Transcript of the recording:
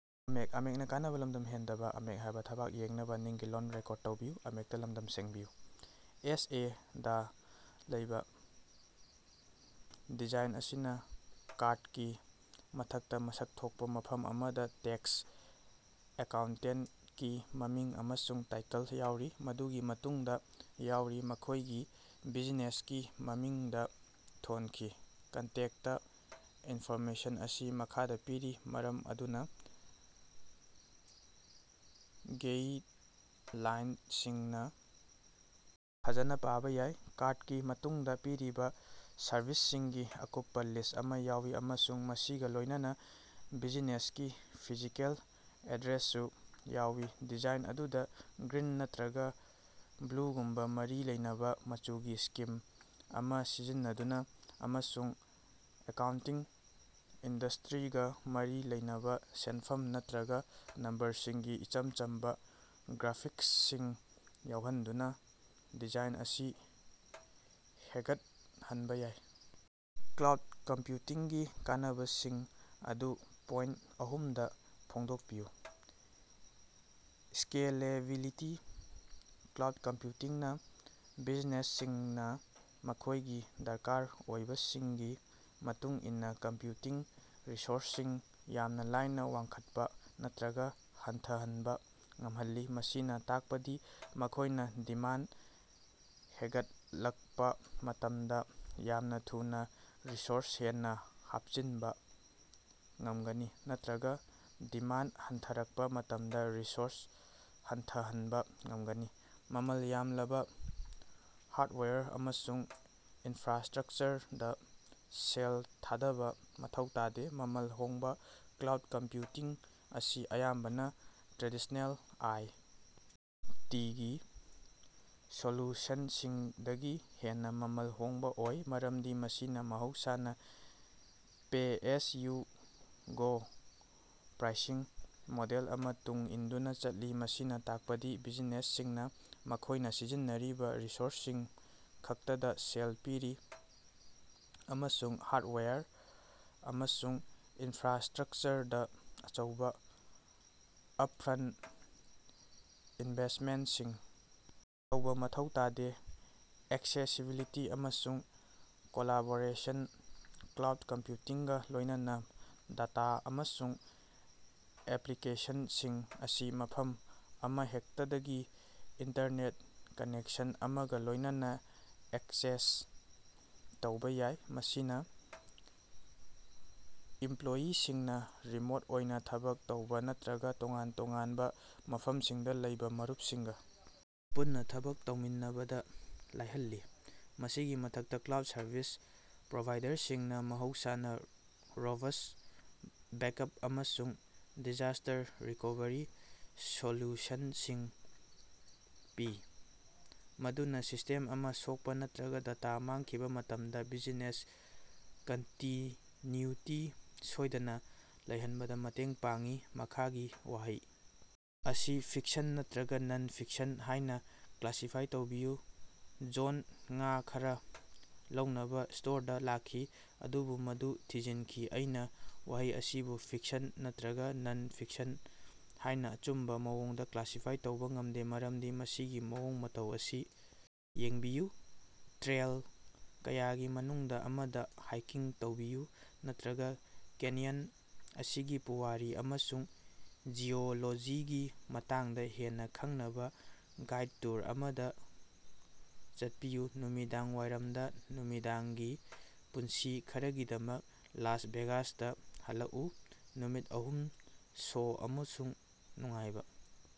ꯑꯦꯁ. A. ꯗꯥ ꯂꯩꯕ design ꯑꯁꯤꯅ ꯀꯥꯔꯗꯀꯤ ꯃꯊꯛꯇ ꯃꯁꯛ ꯊꯣꯛꯄꯥ ꯃꯐꯝ ꯑꯃꯗ ꯇꯦꯛꯁ ꯑꯦꯀꯥꯎꯟꯇꯦꯟꯇꯀꯤ ꯃꯃꯤꯡ ꯑꯃꯁꯨꯡ ꯇꯥꯏꯇꯜ ꯌꯥꯎꯔꯤ, ꯃꯗꯨꯒꯤ ꯃꯇꯨꯡꯗ ꯌꯥꯎꯔꯤ꯫ ꯃꯈꯣꯏꯒꯤ ꯕꯤꯖꯤꯅꯦꯁꯀꯤ ꯃꯃꯤꯡꯗꯥ ꯊꯣꯟꯈꯤ꯫ ꯀꯟꯇꯦꯛꯇ ꯏꯟꯐꯣꯔꯃꯦꯁꯟ ꯑꯁꯤ ꯃꯈꯥꯗ ꯄꯤꯔꯤ ꯃꯔꯝ ꯑꯗꯨꯅ ꯒꯦꯏꯇꯂꯥꯏꯟꯇꯁꯤꯡꯅ ꯐꯖꯅ ꯄꯥꯕ ꯌꯥꯏ꯫ ꯀꯥꯔꯗꯀꯤ ꯃꯇꯨꯡꯗꯥ ꯄꯤꯔꯤꯕ ꯁꯔꯚꯤꯁꯁꯤꯡꯒꯤ ꯑꯀꯨꯞꯄꯥ ꯂꯤꯁ ꯑꯃ ꯌꯥꯎꯏ, ꯑꯃꯁꯨꯡ ꯃꯁꯤꯒꯥ ꯂꯣꯏꯅꯅꯥ ꯕꯤꯖꯤꯅꯦꯁꯀꯤ ꯐꯤꯖꯤꯀꯦꯜ ꯑꯦꯗ꯭ꯔꯦꯁꯁꯨ ꯌꯥꯎꯏ꯫ ꯗꯤꯖꯥꯏꯟ ꯑꯗꯨꯗ ꯒ꯭ꯔꯤꯟ ꯅꯠꯇꯔꯒ ꯕ꯭ꯂꯨꯒꯨꯝꯕꯥ ꯃꯔꯤ ꯂꯩꯅꯕꯥ ꯃꯆꯨꯒꯤ ꯁ꯭ꯀꯤꯝ ꯑꯃꯥ ꯁꯤꯖꯤꯟꯅꯗꯨꯅꯥ, ꯑꯃꯁꯨꯡ ꯑꯦꯀꯥꯎꯟꯇꯤꯡ ꯏꯟꯗꯁ꯭ꯇꯔꯤꯒꯥ ꯃꯔꯤ ꯂꯩꯅꯕ ꯁꯦꯟꯐꯝ ꯅꯠꯇꯔꯒ ꯅꯝꯕꯔꯁꯤꯡꯒꯤ ꯏꯆꯝ ꯆꯝꯕꯥ ꯒ꯭ꯔꯥꯐꯤꯛꯁꯁꯤꯡ ꯌꯥꯎꯍꯟꯗꯨꯅꯥ ꯗꯤꯖꯥꯏꯟ ꯑꯁꯤ ꯍꯦꯒꯠꯍꯟꯕꯥ ꯌꯥꯏ꯫। ꯀ꯭ꯂꯥꯎꯗ ꯀꯝꯄꯌꯨꯇꯤꯡꯒꯤ ꯀꯥꯟꯅꯕꯁꯤꯡ ꯑꯗꯨ ꯄꯣꯏꯟꯇ ꯑꯍꯨꯝꯗꯥ ꯐꯣꯡꯗꯣꯛꯄꯤꯌꯨ꯫ ꯁ꯭ꯀꯦꯂꯦꯕꯤꯂꯤꯇꯤ: ꯀ꯭ꯂꯥꯎꯗ ꯀꯝꯄꯌꯨꯇꯤꯡꯅ ꯕꯤꯖꯤꯅꯦꯁꯁꯤꯡꯅ ꯃꯈꯣꯏꯒꯤ ꯗꯔꯀꯥꯔ ꯑꯣꯏꯕꯁꯤꯡꯒꯤ ꯃꯇꯨꯡ ꯏꯟꯅꯥ ꯀꯝꯄꯌꯨꯇꯤꯡ ꯔꯤꯁꯣꯔꯁꯁꯤꯡ ꯌꯥꯝꯅ ꯂꯥꯏꯅ ꯋꯥꯡꯈꯠꯄꯥ ꯅꯠꯇꯔꯒ ꯍꯟꯊꯍꯟꯕꯥ ꯉꯝꯍꯜꯂꯤ꯫ ꯃꯁꯤꯅ ꯇꯥꯛꯄꯗꯤ ꯃꯈꯣꯏꯅꯥ ꯗꯤꯃꯥꯟꯗ ꯍꯦꯒꯠꯂꯛꯄꯥ ꯃꯇꯝꯗ ꯌꯥꯝꯅ ꯊꯨꯅꯥ ꯔꯤꯁꯣꯔꯁ ꯍꯦꯟꯅꯥ ꯍꯥꯞꯆꯤꯟꯕ ꯉꯝꯒꯅꯤ, ꯅꯠꯇꯔꯒ ꯗꯤꯃꯥꯟꯗ ꯍꯟꯊꯔꯛꯄꯥ ꯃꯇꯝꯗ ꯔꯤꯁꯣꯔꯁ ꯍꯟꯊꯍꯟꯕꯥ ꯉꯝꯒꯅꯤ, ꯃꯃꯜ ꯌꯥꯝꯂꯕ ꯍꯥꯔꯗꯋꯦꯌꯔ ꯑꯃꯁꯨꯡ ꯏꯟꯐ꯭ꯔꯥꯁ꯭ꯇꯔꯛꯆꯔꯗꯥ ꯁꯦꯜ ꯊꯥꯗꯕ ꯃꯊꯧ ꯇꯥꯗꯦ꯫ ꯃꯃꯜ ꯍꯣꯡꯕꯥ: ꯀ꯭ꯂꯥꯎꯗ ꯀꯝꯄꯌꯨꯇꯤꯡ ꯑꯁꯤ ꯑꯌꯥꯝꯕꯅ ꯇ꯭ꯔꯦꯗꯤꯁ꯭ꯅꯦꯜ ꯑꯥꯏ. ꯇꯤ. ꯒꯤ ꯁꯣꯂꯨꯁꯟꯁꯤꯡꯗꯒꯤ ꯍꯦꯟꯅꯥ ꯃꯃꯜ ꯍꯣꯡꯕꯥ ꯑꯣꯏ, ꯃꯔꯝꯗꯤ ꯃꯁꯤꯅꯥ ꯃꯍꯧꯁꯥꯅ ꯄꯦ-ꯑꯦꯖ-ꯌꯨ-ꯒꯣ ꯄ꯭ꯔꯥꯏꯁꯤꯡ ꯃꯣꯗꯦꯜ ꯑꯃ ꯇꯨꯡ ꯏꯟꯗꯨꯅꯥ ꯆꯠꯂꯤ꯫ ꯃꯁꯤꯅ ꯇꯥꯛꯄꯗꯤ ꯕꯤꯖꯤꯅꯦꯁꯁꯤꯡꯅꯥ ꯃꯈꯣꯏꯅꯥ ꯁꯤꯖꯤꯟꯅꯔꯤꯕ ꯔꯤꯁꯣꯔꯁꯁꯤꯡ ꯈꯛꯇꯗꯥ ꯁꯦꯜ ꯄꯤꯔꯤ, ꯑꯃꯁꯨꯡ ꯍꯥꯔꯗꯋꯦꯌꯔ ꯑꯃꯁꯨꯡ ꯏꯟꯐ꯭ꯔꯥꯁ꯭ꯇꯔꯛꯆꯔꯗꯥ ꯑꯆꯧꯕ ꯑꯞꯐ꯭ꯔꯟꯇ ꯏꯟꯚꯦꯁꯃꯦꯟꯇꯁꯤꯡ ꯇꯧꯕ ꯃꯊꯧ ꯇꯥꯗꯦ꯫ ꯑꯦꯛꯁꯦꯁꯤꯕꯤꯂꯤꯇꯤ ꯑꯃꯁꯨꯡ ꯀꯣꯂꯥꯕꯣꯔꯦꯁꯟ: ꯀ꯭ꯂꯥꯎꯗ ꯀꯝꯄꯌꯨꯇꯤꯡꯒꯥ ꯂꯣꯏꯅꯅꯥ, ꯗꯇꯥ ꯑꯃꯁꯨꯡ ꯑꯦꯄꯂꯤꯀꯦꯁꯟꯁꯤꯡ ꯑꯁꯤ ꯃꯐꯝ ꯑꯃꯍꯦꯛꯇꯗꯒꯤ ꯏꯟꯇꯔꯅꯦꯠ ꯀꯅꯦꯛꯁꯟ ꯑꯃꯒ ꯂꯣꯏꯅꯅꯥ ꯑꯦꯛꯆꯦꯁ ꯇꯧꯕ ꯌꯥꯏ꯫ ꯃꯁꯤꯅꯥ ꯏꯝꯄꯂꯣꯌꯤꯁꯤꯡꯅꯥ ꯔꯤꯃꯣꯠ ꯑꯣꯏꯅ ꯊꯕꯛ ꯇꯧꯕ ꯅꯠꯇꯔꯒ ꯇꯣꯉꯥꯟ-ꯇꯣꯉꯥꯟꯕ ꯃꯐꯝꯁꯤꯡꯗ ꯂꯩꯕ ꯃꯔꯨꯞꯁꯤꯡꯒ ꯄꯨꯟꯅꯥ ꯊꯕꯛ ꯇꯧꯃꯤꯟꯅꯕꯗꯥ ꯂꯥꯏꯍꯜꯂꯤ꯫ ꯃꯁꯤꯒꯤ ꯃꯊꯛꯇ, ꯀ꯭ꯂꯥꯎꯗ ꯁꯔꯚꯤꯁ ꯄ꯭ꯔꯣꯚꯥꯏꯗꯔꯁꯤꯡꯅ ꯃꯍꯧꯁꯥꯅ ꯔꯣꯕꯁ ꯕꯦꯛꯑꯞ ꯑꯃꯁꯨꯡ ꯗꯤꯖꯥꯁ꯭ꯇꯔ ꯔꯤꯀꯣꯚꯔꯤ ꯁꯣꯂꯨꯁꯟꯁꯤꯡ ꯄꯤ, ꯃꯗꯨꯅꯥ ꯁꯤꯁ꯭ꯇꯦꯝ ꯑꯃ ꯁꯣꯛꯄ ꯅꯠꯇꯔꯒ ꯗꯇꯥ ꯃꯥꯡꯈꯤꯕꯥ ꯃꯇꯝꯗꯥ ꯕꯤꯖꯤꯅꯦꯁ ꯀꯟꯇꯤꯅꯌꯨꯇꯤ ꯁꯣꯏꯗꯅ ꯂꯩꯍꯟꯕꯗ ꯃꯇꯦꯡ ꯄꯥꯡꯏ꯫ ꯃꯈꯥꯒꯤ ꯋꯥꯍꯩ ꯑꯁꯤ ꯐꯤꯛꯁꯟ ꯅꯠꯇꯔꯒ ꯅꯟ-ꯐꯤꯛꯁꯟ ꯍꯥꯏꯅ ꯀ꯭ꯂꯥꯁꯤꯐꯥꯏ ꯇꯧꯕꯤꯌꯨ: ꯖꯣꯟꯗ ꯉꯥ ꯈꯔꯥ ꯂꯧꯅꯕ ꯁ꯭ꯇꯣꯔꯗꯥ ꯂꯥꯛꯈꯤ, ꯑꯗꯨꯕꯨ ꯃꯗꯨ ꯊꯤꯡꯖꯤꯟꯈꯤ꯫ ꯑꯩꯅ ꯋꯥꯍꯩ ꯑꯁꯤꯕꯨ ꯐꯤꯛꯁꯟ ꯅꯠꯇꯔꯒ ꯅꯟ-ꯐꯤꯛꯁꯟ ꯍꯥꯏꯅ ꯑꯆꯨꯝꯕ ꯃꯑꯣꯡꯗ ꯀ꯭ꯂꯥꯁꯤꯐꯥꯏ ꯇꯧꯕ ꯉꯝꯗꯦ ꯃꯔꯝꯗꯤ ꯃꯁꯤꯒꯤ ꯃꯑꯣꯡ ꯃꯇꯧ ꯑꯁꯤ ꯌꯦꯡꯕꯤꯌꯨ ꯇ꯭ꯔꯦꯜ ꯀꯌꯥꯒꯤ ꯃꯅꯨꯡꯗꯥ ꯑꯃꯗꯥ ꯍꯥꯏꯀꯤꯡ ꯇꯧꯕꯤꯌꯨ, ꯅꯠꯇꯔꯒ ꯀꯦꯅꯤꯌꯟ ꯑꯁꯤꯒꯤ ꯄꯨꯋꯥꯔꯤ ꯑꯃꯁꯨꯡ ꯖꯤꯑꯣꯂꯣꯖꯤꯒꯤ ꯃꯇꯥꯡꯗ ꯍꯦꯟꯅꯥ ꯈꯪꯅꯕꯥ ꯒꯥꯏꯗ ꯇꯨꯔ ꯑꯃꯗꯥ ꯆꯠꯄꯤꯌꯨ ꯅꯨꯃꯤꯗꯥꯡ ꯋꯥꯏꯔꯝꯗ ꯅꯨꯃꯤꯗꯥꯡꯒꯤ ꯄꯨꯟꯁꯤ ꯈꯔꯒꯤꯗꯃꯛ ꯂꯥꯁ ꯚꯦꯒꯥꯁꯇ ꯍꯜꯂꯛꯎ ꯅꯨꯃꯤꯠ ꯑꯍꯨꯝ ꯁꯣ ꯑꯃꯁꯨꯡ ꯅꯨꯡꯉꯥꯏꯕ